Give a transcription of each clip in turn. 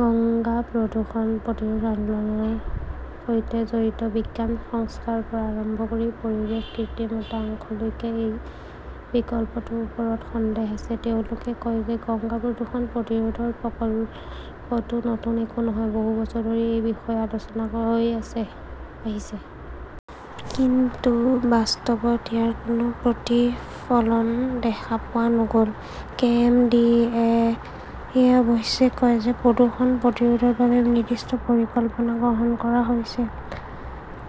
গংগা প্ৰদূষণ প্ৰতিৰোধ আন্দোলনৰ সৈতে জড়িত কিছুমান সংস্থাৰ পৰা আৰম্ভ কৰি পৰিৱেশ কৰ্মীৰ এটা অংশলৈকে এই প্ৰকল্পটোৰ ওপৰত সন্দেহ আছে। তেওঁলোকে কয় যে গংগা প্ৰদূষণ প্ৰতিৰোধৰ প্ৰকল্পটো নতুন একো নহয়। বহু বছৰ ধৰি এই বিষয়ে আলোচনা হৈ আহিছে। কিন্তু বাস্তৱত ইয়াৰ কোনো প্ৰতিফলন দেখা পোৱা নগল। কে. এম. ডি. এ. -য়ে অৱশ্যে কয় যে প্ৰদূষণ প্ৰতিৰোধৰ বাবে নিৰ্দিষ্ট পৰিকল্পনা গ্ৰহণ কৰা হৈছে।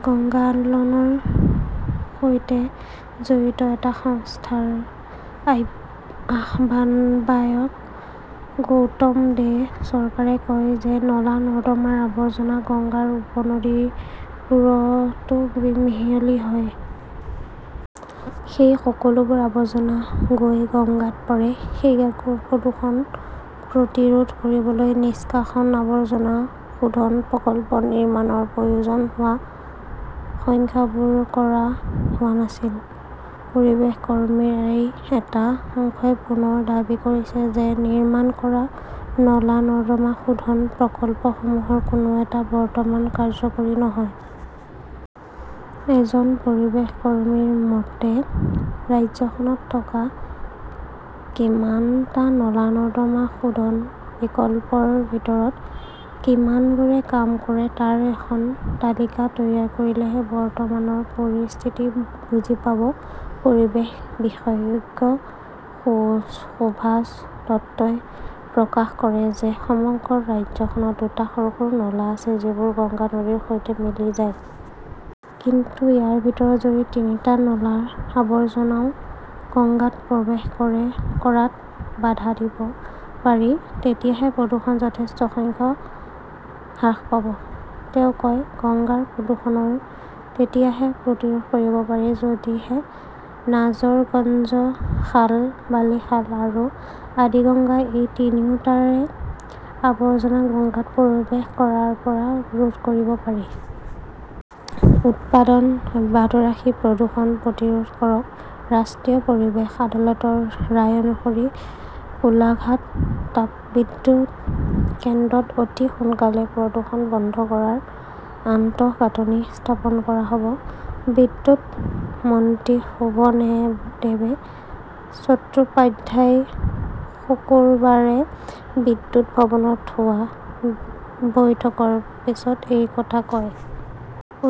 গংগা আন্দোলনৰ সৈতে জড়িত এটা সংস্থাৰ আহ্বায়ক গৌতম দে চৰকাৰে কয় যে নলা-নৰ্দমাৰ আৱৰ্জনা গংগাৰ উপনদীবোৰতো মিহলি হয়। সেই সকলোবোৰ আৱৰ্জনা গৈ গংগাত পৰে। সেই প্ৰদূষণ প্ৰতিৰোধ কৰিবলৈ নিষ্কাশন আৱৰ্জনা শোধন প্ৰকল্প নিৰ্মাণৰ প্ৰয়োজন হোৱা সংখ্যাবোৰ কৰা হোৱা নাছিল। পৰিৱেশ কৰ্মীৰ এটা অংশই পুনৰ দাবী কৰিছে যে নিৰ্মাণ কৰা নলা-নৰ্দমা শোধন প্ৰকল্পসমূহৰ কোনো এটা বৰ্তমান কাৰ্যকৰী নহয়। এজন পৰিৱেশ কৰ্মীৰ মতে, ৰাজ্যখনত থকা কিমানটা নলা-নৰ্দমা শোধন প্ৰকল্পৰ ভিতৰত কিমানবোৰে কাম কৰে তাৰ এখন তালিকা তৈয়াৰ কৰিলেহে বৰ্তমানৰ পৰিস্থিতি বুজি পাব! পৰিৱেশ বিশেষজ্ঞ সুভাষ দত্তই প্ৰকাশ কৰে যে সমগ্ৰ ৰাজ্যখনত দুটা সৰু-সৰু নলা আছে যিবোৰ গংগা নদীৰ সৈতে মিলি যায়। কিন্তু ইয়াৰ ভিতৰত, যদি তিনিটা নলাৰ আৱৰ্জনাও গংগাত প্ৰৱেশ কৰাত বাধা দিব পাৰি, তেতিয়াহে প্ৰদূষণ যথেষ্ট হ্ৰাস পাব। তেওঁ কয়, গংগাৰ প্ৰদূষণৰ তেতিয়াহে প্ৰতিৰোধ কৰিব পাৰি যদিহে নাজৰগঞ্জ খাল, বালিখাল আৰু আদিগঙ্গা এই তিনিওটাৰে আৱৰ্জনা গঙ্গাত প্ৰৱেশ কৰাৰ পৰা ৰোধ কৰিব পাৰি। উৎপাদন অব্যাহত ৰাখি প্ৰদূষণ প্ৰতিৰোধ কৰক ৰাষ্ট্ৰীয় পৰিৱেশ আদালতৰ ৰায় অনুসৰি কোলাঘাট তাপবিদ্যুৎ কেন্দ্ৰত অতি সোনকালে প্ৰদূষণ বন্ধ কৰাৰ আন্তঃগাঁথনি স্থাপন কৰা হব। বিদ্যুৎ মন্ত্ৰী শোভনেদেৱ চট্টোপাধ্যায়ই শুকুৰবাৰে বিদ্যুৎ ভৱনত হোৱা বৈঠকৰ পিছত এই কথা কয়।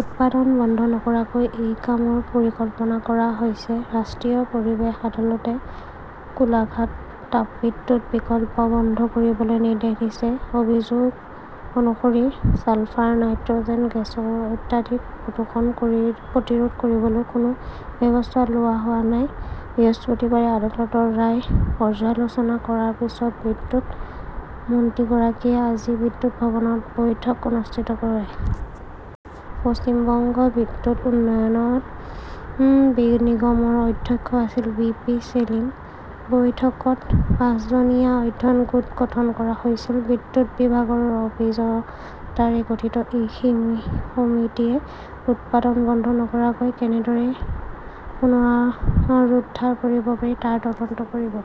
উৎপাদন বন্ধ নকৰাকৈ এই কামৰ পৰিকল্পনা কৰা হৈছে। ৰাষ্ট্ৰীয় পৰিৱেশ আদালতে কোলাঘাট তাপবিদ্যুৎ প্ৰকল্প বন্ধ কৰিবলৈ নিৰ্দেশ দিছে, অভিযোগ অনুসৰি ছালফাৰ-নাইট্ৰজেন গেছৰ অত্যাধিক প্ৰদূষণ প্ৰতিৰোধ কৰিবলৈ কোনো ব্যৱস্থা লোৱা হোৱা নাই। বৃহস্পতিবাৰে আদালতৰ ৰায় পৰ্যালোচনা কৰাৰ পিছত বিদ্যুৎ মন্ত্ৰীগৰাকীয়ে আজি বিদ্যুৎ ভৱনত বৈঠক অনুষ্ঠিত কৰে। পশ্চিম বংগ বিদ্যুৎ উন্নয়ন নিগমৰ অধ্যক্ষ আছিল পি বি ছেলিম। বৈঠকত পাঁচজনীয়া 'অধ্যয়ন গোট গঠন কৰা হৈছিল। বিদ্যুৎ বিভাগৰ অভিযন্তাৰে গঠিত এই সমিতিয়ে উৎপাদন বন্ধ নকৰাকৈ কেনেদৰে পুনৰুদ্ধাৰ কৰিব পাৰি তাৰ তদন্ত কৰিব।